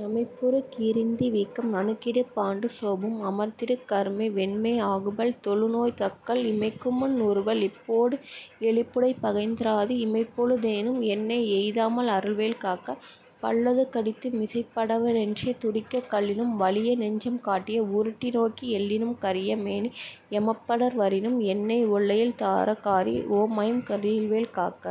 நமைப்புறு கிரிந்தி வீக்கம் நணுகிடு பாண்டு சோபம் அமர்த்திடு கருமை வெண்மை ஆகுபல் தொழுநோய் கக்கல் இமைக்குமுன் உறுவ லிப்போடு எழுபுடைப் பகந்த ராதி இமைப்பொழு தேனும் என்னை எய்தாமல் அருள்வேல் காக்க. பல்லது கடித்து மீசை படப டென்றே துடிக்கக் கல்லினும் வலிய நெஞ்சம் காட்டியே உருட்டி நோக்கி எல்லினும் கரிய மேனி எமபடர் வரினும் என்னை ஒல்லையில் தார காரி ஓம்ஐம் ரீம்வேல் காக்க!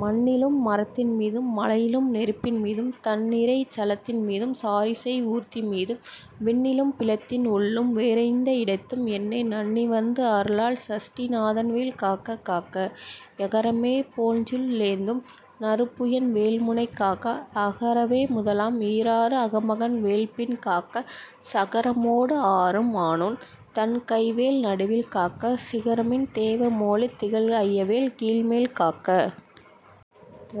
மண்ணிலும் மரத்தின் மீதும் மலையிலும் நெருப்பின் மீதும் தண்நிறை சலத்தின் மீதும் சாரிசெய் ஊர்தி மீதும் விண்ணிலும் பிலத்தின் உள்ளும் வேறெந்த இடத்தும் என்னை நண்ணிவந்து அருளார் சஷ்டி நாதன்வேல் காக்க காக்க. யகரமே போல்சூ லேந்தும் நறும்புயன் வேல்முனை காக்க, அகரமே முதலாம் ஈராறு அம்பகன் வேல்பின் காக்க, சகரமோடு ஆறும் ஆனோன் தன்கைவேல் நடுவில் காக்க, சிகரமின் தேவ மோலி திகழ்ஐவேல் கீழ்மேல் காக்க.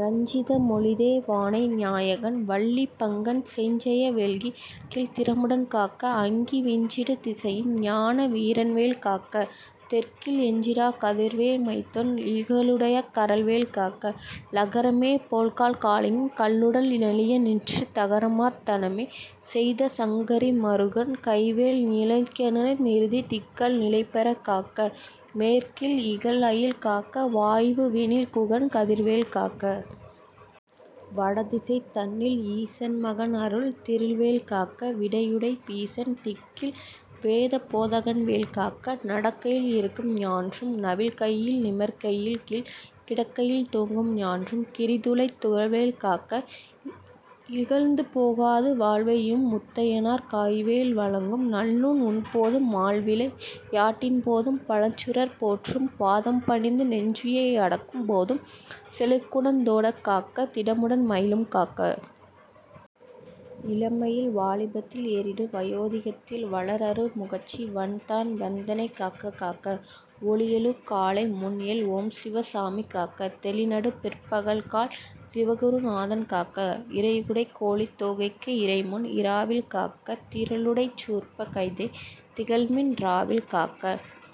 ரஞ்சித மொழிதே வானை நாயகன் வள்ளி பங்கன் செஞ்சய வேல்கி ழக்கில் திறமுடன் காக்க, அங்கி விஞ்சிடு திசையின் ஞான வீரன்வேல் காக்க; தெற்கில் எஞ்சிடாக் கதிர்வே மத்தோன் இகலுடைக் கரவேல் காக்க. லகரமே போல்கா ளிங்கன் நல்லுடல் நெளிய நின்று தகரமர்த் தனமே செய்த சங்கரி மருகன் கைவேல் நிகழெனை நிருதி திக்கல் நிலைபெறக் காக்க; மேற்கில் இகல்அயில் காக்க, வாயு வினில்குகன் கதிர்வேல் காக்க. வடதிசை தன்னில் ஈசன் மகன்அருள் திருவேல் காக்க; விடையுடை யீசன் திக்கில் வேதபோதகன்வேல் காக்க; நடக்கையில் இருக்கும் ஞான்றும் நவில்கையில் நிமிர்கையில் கீழ்க் கிடக்கையில் தூங்கும் ஞான்றும் கிரிதுளைத் துளவேல் காக்க. இகழந்து போகாத வாழ்வை ஈயும் முத்தையனார் கைவேல் வழங்கும் நல்லூண் உண்போதும் மால்விளை யாட்டின் போதும் பழஞ்சுரர் போற்றும் பாதம் பணிந்து நெஞ்சு அடக்கும் போதும் செழுங்குணத் தோடே காக்க; திடமுடன் மயிலும் காக்க. இளமையில் வாலிபத்தில் ஏறிடு வயோதி கத்தில் வளர்அறு முகச்சி வன்தான் வந்தெனைக் காக்க காக்க. ஒளியெழு காலை முன்எல் ஓம்சிவ சாமி காக்க. தெளிநடு பிற்ப கல்கால் சிவகுரு நாதன் காக்க. இறகுடைக் கோழித் தோகைக்கு இறைமுன் இராவில் காக்க; திறலுடைச் சூர்ப்ப கைத்தே திகழ்பின் இராவில் காக்க;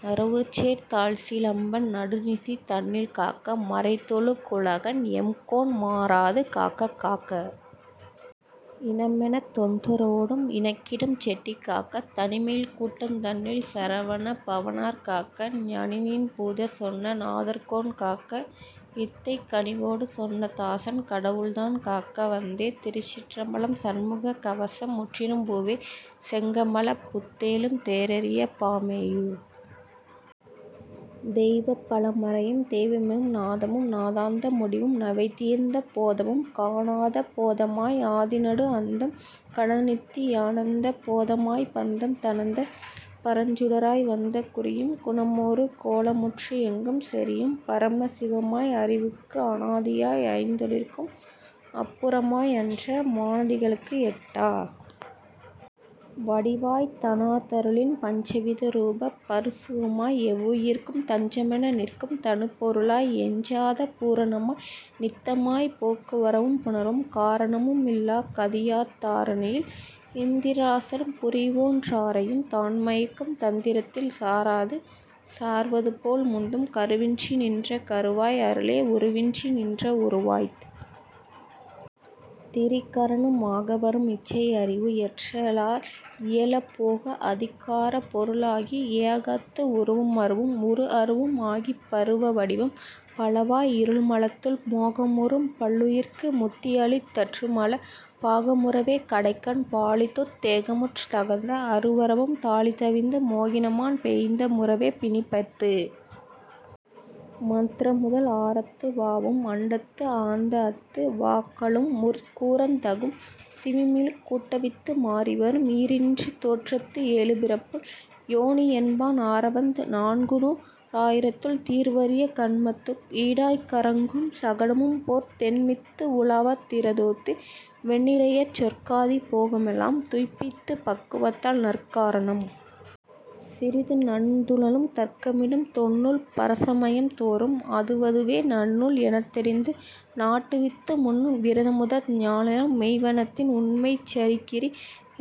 நறவுசேர் தாள்சி லம்பன் நடுநிசி தன்னில் காக்க; மறைதொழு குழகன் எம்கோன் மாறாது காக்க காக்க. இனமெனத் தொண்ட ரோடும் இணக்கிடும் செட்டி காக்க; தனிமையில் கூட்டந் தன்னில் சரவண பவனார் காக்க; நனியனு பூத சொன்ன நாதர்கோன் காக்க; இத்தைக் கனிவொடு சொன்ன தாசன் கடவுள்தான் காக்க வந்தே. திருச்சிற்றம்பலம் சண்முக கவசம் முற்றிறு பூமேவு செங்கமலப் புத்தேளும் தேறரிய பாமேயு தெய்வப் பழமறையும் தேமேவு நாதமும் நாதாந்த முடிவும் நவைதீர்ந்த போதமும் காணாத போதமாய் ஆதிநடு அந்தம் கடந்நித்தி யானந்த போதமாய்ப் பந்தம் தணந்த பரஞ்சுடராய் வந்த குறியும் குணமொரு கோலமுமற்று எங்கும் செறியும் பரம சிவமாய் அறிவுக்கு அனாதியாய் ஐந்தொழிற்கும் அப்புறமாய் அன்றே மானதிகளுக்கு எட்டா வடிவாய்த் தனாதருளின் பஞ்சவித ரூப பரசுகமாய் எவ்வுயிர்க்கும் தஞ்சமென நிற்கும் தனிப்பொருளாய் எஞ்சாத பூரணமாய் நித்தமாய்ப் போக்குவரவும் புணர்வும் காரணமும் இல்லாக் கதியாதித் தாரணியில் இந்திரசாலம் புரிவோன் யாரையும் தான்மயக்கும் தந்திரத்தில் சாராது சார்வதுபோல் முந்தும் கருவின்றி நின்ற கருவாய் அருளே உருவின்றி நின்ற உருவாய்த் திரிகரணம் ஆகவரும் இச்சை அறிவு இயற்ற லால்இயல போகஅதி காரப் பொருளாகி ஏகத்து உருவம் அருவும் உருஅருவும் ஆகிப் பருவ வடிவம் பலவாய் இருள்மலத்துள் மோகமுறும் பல்லுயிர்க்கு முத்திஅளித் தற்குமல பாகமுறவே கடைக்கண் பாலித்துத் தேகமுற்த் தந்த அருவுருவம் சார்ந்தவிந்து மோகினிமான் பெந்த முறவே பிணிப்பத்து மந்த்ரமுதல் ஆறத்து வாவும் அண்டத்து ஆர்ந்தஅத்து வாக்களும்முற் கூறத் தகும் சிமிழ்ப்பில் கூட்டுவித்து மாறிவரும் ஈரிரண்டு தோற்றத்து ஏழுபிறப்புள் யோனி என்பான் ஆரவந்த நான்குநூ றாயிரத்துள் தீர்வரிய கண்மத்துக்கு ஈடாய்க் கறங்கும் சகடமும்போற் சென்மித்து உழலத் திரோதித்து வெந்நிரய சொர்க்காதி போகமெலாம் துய்ப்பித்துப் பக்குவத்தால் நற்காரணம் சிறிது நண்ணுதலும் தர்க்கமிடும் தொன்னூல் பரசமயம் தோறும் அதுவதுவே நன்னூல் எனத்தெரிந்து நாட்டுவித்து முன்னூல் விரதமுத லாயபல மெய்த்தவத்தின் உண்மைச் சரியைகிரி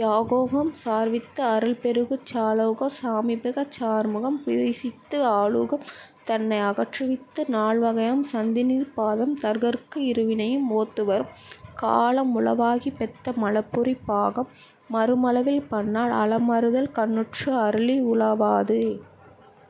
யாயோகம் சார்வித்து அருள்பெருகு சாலோக சாமீப சாரூமுகம் புசிப்பித்து ஆலோகம் தன்னை அகற்றுவித்து நால்வகையாம் சத்திநி பாதம் தருதற்கு இருவினையும் ஒத்துவரும் காலம் உளவாகிப் பெத்த மலபுரி பாகம் வருமளவில் பன்னாள் அலமருதல் கண்ணுற்று அருளி உலவாது।